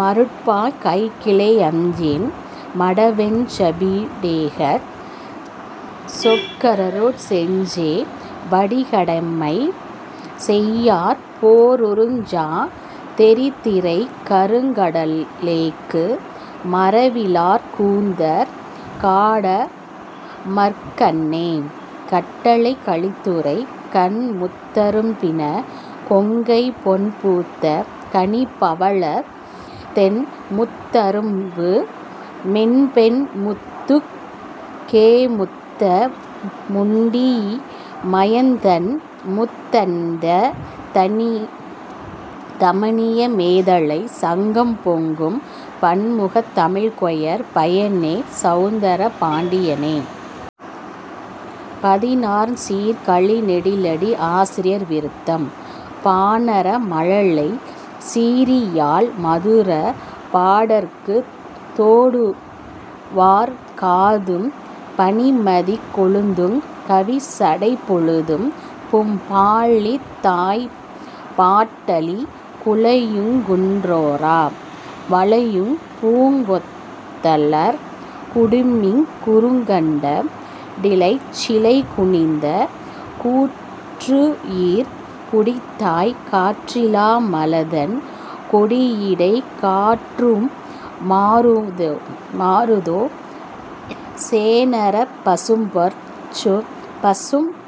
மருட்பா கைக்கிளை அஞ்சேன் மடநெஞ் சபிடேகச் சொக்கரருட் செஞ்சே வடிக்கடிமை செய்யார்போற் றுஞ்சா தெறிதிரைக் கருங்கட லேய்க்கு மறலியற் கூந்தற் காடமர்க் கண்ணே. கட்டளைக் கலித்துறை கண்முத் தரும்பின கொங்கைபொன் பூத்த கனிபவளத் தொண்முத் தரும்புமென் பெண்முத்துக் கேமுத்த முண்டிமயத் தண்முத் தமைந்த தமனிய மேதலைச் சங்கம்பொங்கும் பண்முத் தமிழ்க்கொர் பயனே சவுந்தர பாண்டியனே. பதினான்கு சீர்க் கழிநெடிலடி ஆசிரிய விருத்தம் பாணறா மழலைச் சீறியாழ் மதுரப் பாடற்குத் தோடுவார் காதும் பனிமதிக் கொழுந்துக் கவிர்சடைப் பொதும்பும் பாலித்தாய் பாட்டளி குழைக்குங் கோணறா வுளைப்பூங் கொத்தலர் குடுமிக் குறுங்கணெட் டிலைச்சிலை குனித்த கூற்றுயிர் குடித்தாய்க் காற்றலா மலதென் கொடியிடைக் காற்றுமா றுளதோ சேணறாப் பசும்பொற் றசும்பசும்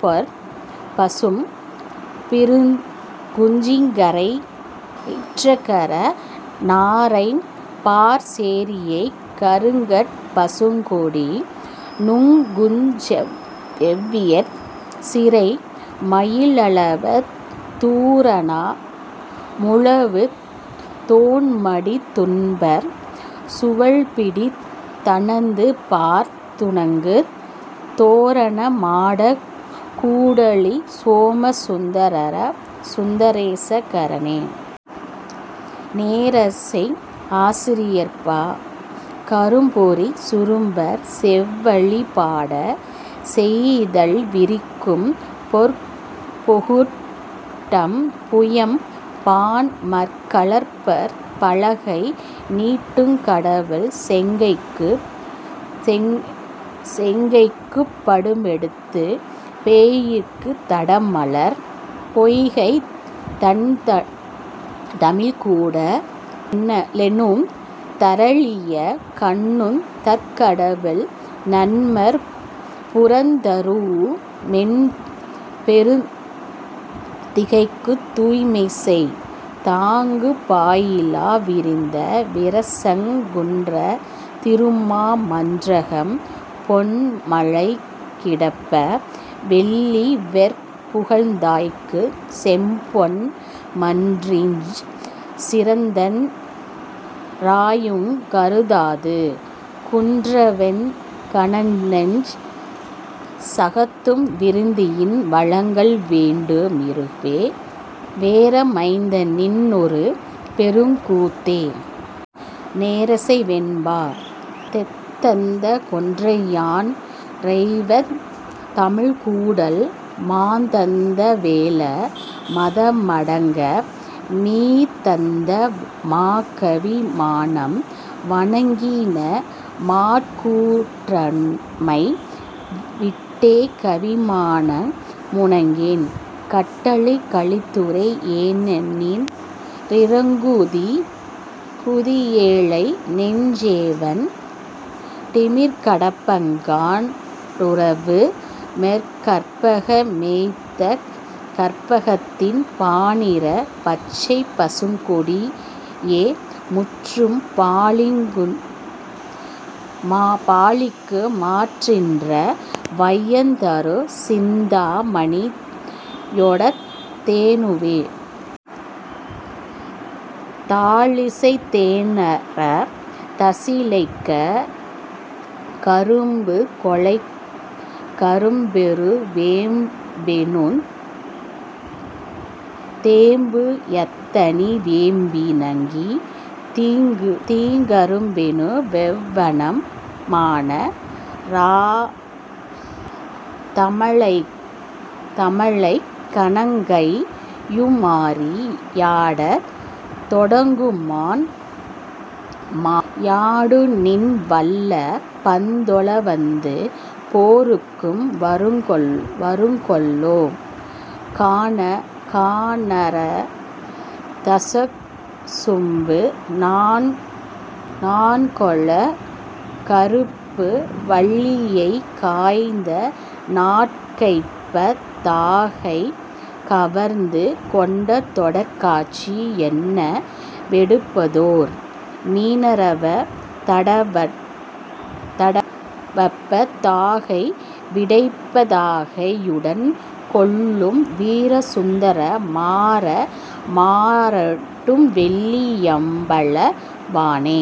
பிருக்குஞ் சிகரியிற் றகரநா றைம்பாற் சேயரிக் கருங்கட் பசுங்கொடி நுடங்குஞ் செவ்வியிற் சிறைமயி லகவத் தூணறா முழவுத் தோண்மடித் தும்பர் சுவல்பிடித் தணந்துபார்த் துணங்குந் தோரண மாடக் கூடலிற் சோம சுந்தரா சந்த்ரசே கரனே. நேரிசை ஆசிரியப்பா கரும்பொறிச் சுரும்பர் செவ்வழி பாடச் சேயிதழ் விரிக்கும் பொற்பொகுட் டம்புயம் பாண்மகற் கலர்பொற் பலகை நீட்டுங் கடவுள்செங் கைக்குப் படியெடுப் பேய்க்குந் தடமலர்ப் பொய்கைத் தண்டமிழ்க் கூட லொண்ணுத றழீய கண்ணுதற் கடவுள் எண்மர் புறந்தரூஉ மொண்பெருந் திகைக்குத் தூய்மைசெய் தாங்குப் பானிலா விரிந்த விரசதங் குயுன்ற திருமா மன்றகம் பொன்மலை கிடப்ப வெள்ளிவெற் புகந்தாய்க்குச் செம்பொன் மன்றினுஞ் சிறந்தன் றாயுனுங் கருந்தாது குயின்றவென் கனனெஞ் சகத்தும் வருந்தியிம் வழங்கல் வேண்டு மிருவே றமைந்தநின் னொருபெருங் கூத்தே. நேரிசை வெண்பா தேத்தந்த கொன்றையான் றெய்வத் தமிழ்க்கூடல் மாத்தந்த வேழ மதமடங்க-மீத்தந்த மாகவி மானம் வணங்கினமாற் கூற்றெமைவிட் டேகவி மானமுனக் கேன். கட்டளைக் கலித்துறை ஏனின் றிரங்குதி யேழைநெஞ் சேவண் டிமிர்கடப்பங் கானின் றதுவுமொர் கற்பக மேயந்தக் கற்பகத்தின் பானின்ற பச்சைப்பசுங்கொடி யேமுற்றும் பாலிக்குமாற் றேனின்ற வைந்தருச் சிந்தா மணியொடத் தேனுவுமே. தாழிசை தேன றாதசி லைக்க ரும்புகொ லைக்க ரும்பொரு வேம்பெனுந் தேம்பு யத்தணி வேம்பி னைக்கனி தீங்க ரும்பெனு மிவ்வணம் மான றாதம ழைக்க ணங்கையு மாறி யாடத் தொடங்குமான் மாறி யாடுநின் வல்ல பந்தொழ வந்த பேர்க்கும்வ ருங்கொலோ கான றாதசு ருப்பு நாண்கொள கருப்பு வில்லியைக் காய்ந்தநாட் கைப்ப தாகைக வர்ந்து கொண்டதொர் காட்சி யென்னவெ டுப்பதோர் மீன றாதவ டற்ப தாகைவி டைப்ப தாகை யுடன்கொளும் வீரசுந்தர மாற மாறடும் வெள்ளி யம்பல வாணனே.